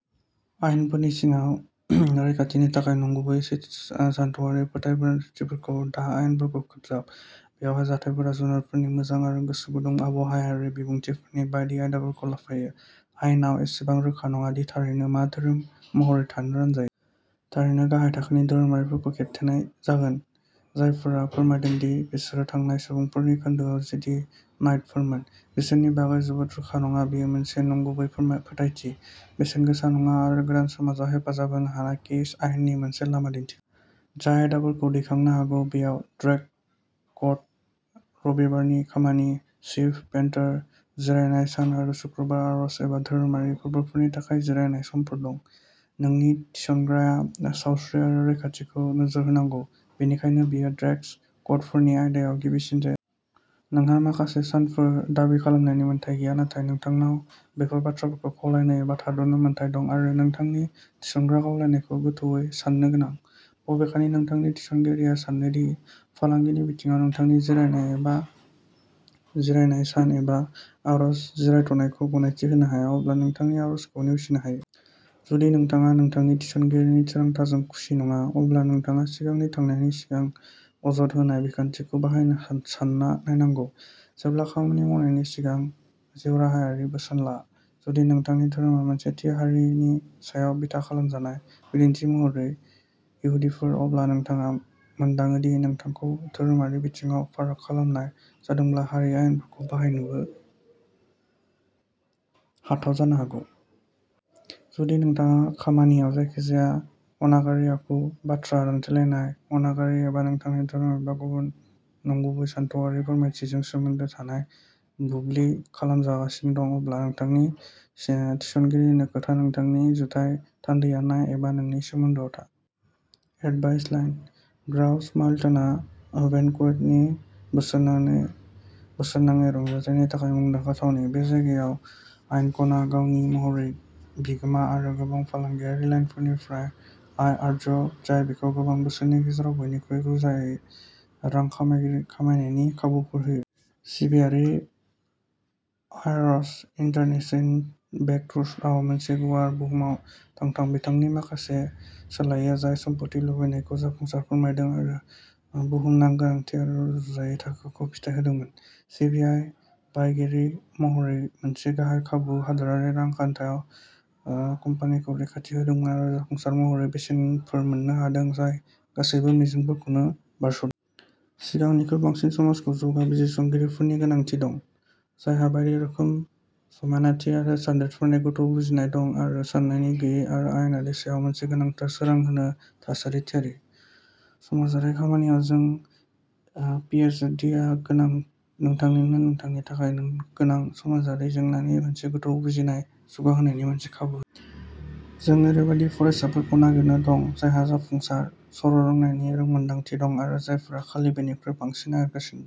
आयेनफोरनि सिङाव रैखाथिनि थाखाय। नंगुबै सानथौआरि फोथायथिफोराबो दा आयेनजों खोबजानाय। बेवहाय जाथायफोरा जुनारफोरनि मोजांनि आरो गोसो गुदुं आबहावायारि बिबुंथिफोर बायदि आयदाफोरखौ लाफायो। आयेनआ एसेबां रोखा नङा दि थारैनो मा धोरोम महरै थाखो रानजायो। थारैनो गाहाय थाखोनि धोरोमफोरखौ खोबथेनाय जागोन। जायफोरा फोरमायदोंमोन दि बिसोर थांनाय सुबुं सानखोआव जेदि नाइटफोरमोन, बिसोरनि बागै जोबोद रोखा नङा बेयो मोनसे नंगुबै फोथायथि, बेसेनगोसा नङा आरो गोदान समाजाव हेफाजाब होनो हानाय केस आयेननि मोनसे लामा दिन्थिग्रा। जाय आयदाफोरखौ दैखांनो हागौ बेयाव ड्रेस क'ड, रबिबारनि खामानि, सिफ्ट पेटार्न, जिरायनाय सान आरो शुक्रबारनि आरज एबा धोरोमारि फोरबोफोरनि थाखाय जिरायनाय समफोर दं। नोंनि थिसग्राया सावस्रि आरो रैखाथिखौ नोजोर होनांगौ, बेनिखायनो बेयो ड्रेस क'डफोरनि आयदायाव गिबिसिन जागोन। नोंहा माखासे सानफोर दाबि खालामनायनि मोन्थाइ गैया। नाथाय नोंथांनाव बेफोर बाथ्राफोरखौ खावलायनो एबा थाद'नो मोन्थाइ दं आरो नोंथांनि थिसनग्राया खावलायनायखौ गोथौवै सान्नो गोनां। बबेखानि, नोंथांनि थिसनगिरिया सानो दि फालांगिनि बिथायाव नोंथांनि जिरायनाय सान एबा आर'ज जिरायथ'नायखौ गनायथि होनो हाया, अब्ला नोंथांनि आर'जखौ नेवसिनो हायो। जुदि नोंथाङा नोंथांनि थिसनगिरिनि थिरांथाजों खुसि नङा, अब्ला नोंथाङा सिगांथिं थांनायनि सिगां अजद होनाय बिखान्थिखौ बाहायनो सानना नायनांगौ। जेब्लाबो खामानि मावनायनि सिगां जिउराहायारि बोसोन ला। जुदि नोंथांनि धोरोमा मोनसे थि हारिनि सायाव बिथा खालामजानाय, बिदिन्थि महरै इहुदिफोर, अब्ला नोंथाङा मोनदाङो दि नोंथांखौ धोरोमारि बिथायाव फाराग खालामनाय जादोंब्ला हारि आयेनफोरखौ बाहायनोबो हाथावना जानो हागौ। जुदि नोंथाङा खामानियाव जायखिजाया अनागारि आखु, बाथ्रा दानथेलायनाय, अनागारि एबा नोंथांनि धोरोम एबा गुबुन नंगुबै सानथौआरि फोथायनायजों सोमोन्दो थानाय बुलिं खालामजागासिनो दं, अब्ला नोंथांनि थिसनगिरिनो खोन्था, नोंथांनि जुथाइ थान्दैखौ नाय एबा जोंनि सोमोन्दोआव था। Advice line. ग्राउस माउन्टेनआ भेनकुवरनि बोसोरनाङै रंजानायनि थाखाय मुंदांखा थावनि। बे जायगायारि आइक'ना गावारि महरै बिगोमा आरो गोबां फालांगियारि लाइनफोरनिफ्राय आय आर्जियो, जाय बेखौ गोबां बोसोरनि गेजेराव बयनिख्रुइबो रुजुजायै रां खाथायनायनि खाबुफोर होयो। सिबिआरइ एनआइटि-भेनकुवरआ मोनसे गुवार बुहुमनां हाथाय बिखान्थि सालायो जाय सम्पथिनि लुबैनायखौ जाफुंसारै फोरमायदोंमोन आरो बुहुमनां गोनांथिनि मोनसे रुजुजायै थाखोखौ फिथाय होदोंमोन। सिबिआरइआ बायगिरि महरै मोनसे गाहाय गुबुन हादोरारि रां खाथायनाय कम्पानिखौ रैखाथि होदोंमोन आरो जाफुंसार महरै बेसेनफोर मोन्नो हादोंमोन जाय गासैबो मिजिंफोरखौ बारस'दोंमोन। सिगांनिख्रुइ बांसिन, समाजखौ जौगा बिजिरसंगिरिफोरनि गोनांथि दं जायहा बायदि रोखोम, समानथि आरो सोफादेरनायनि गोथौ बुजिनाय दं आरो समानथि गैयै आरो अनागारिनि सायाव मोनसे गोनांथार सोरां जोंहोनो थाखाय थियारि। समाजारि खामानियाव जोंनि पिएइचडिआ नोंथांनो नोंथांनि थाखाय गोनां समाजारि जेंनाफोरनि मोनसे गोथौ बुजिनाय जौगाहोनायनि मोनसे खाबु होयो। जों ओरैबायदि फरायसाफोरखौ नागिरगासिनो दं जायहा जाफुंसार सर'रोंनायनि रोंमोनदांथि दं आरो जायफोरा खालि बेनिखुरै बांसिन नागिरगासिनो दं।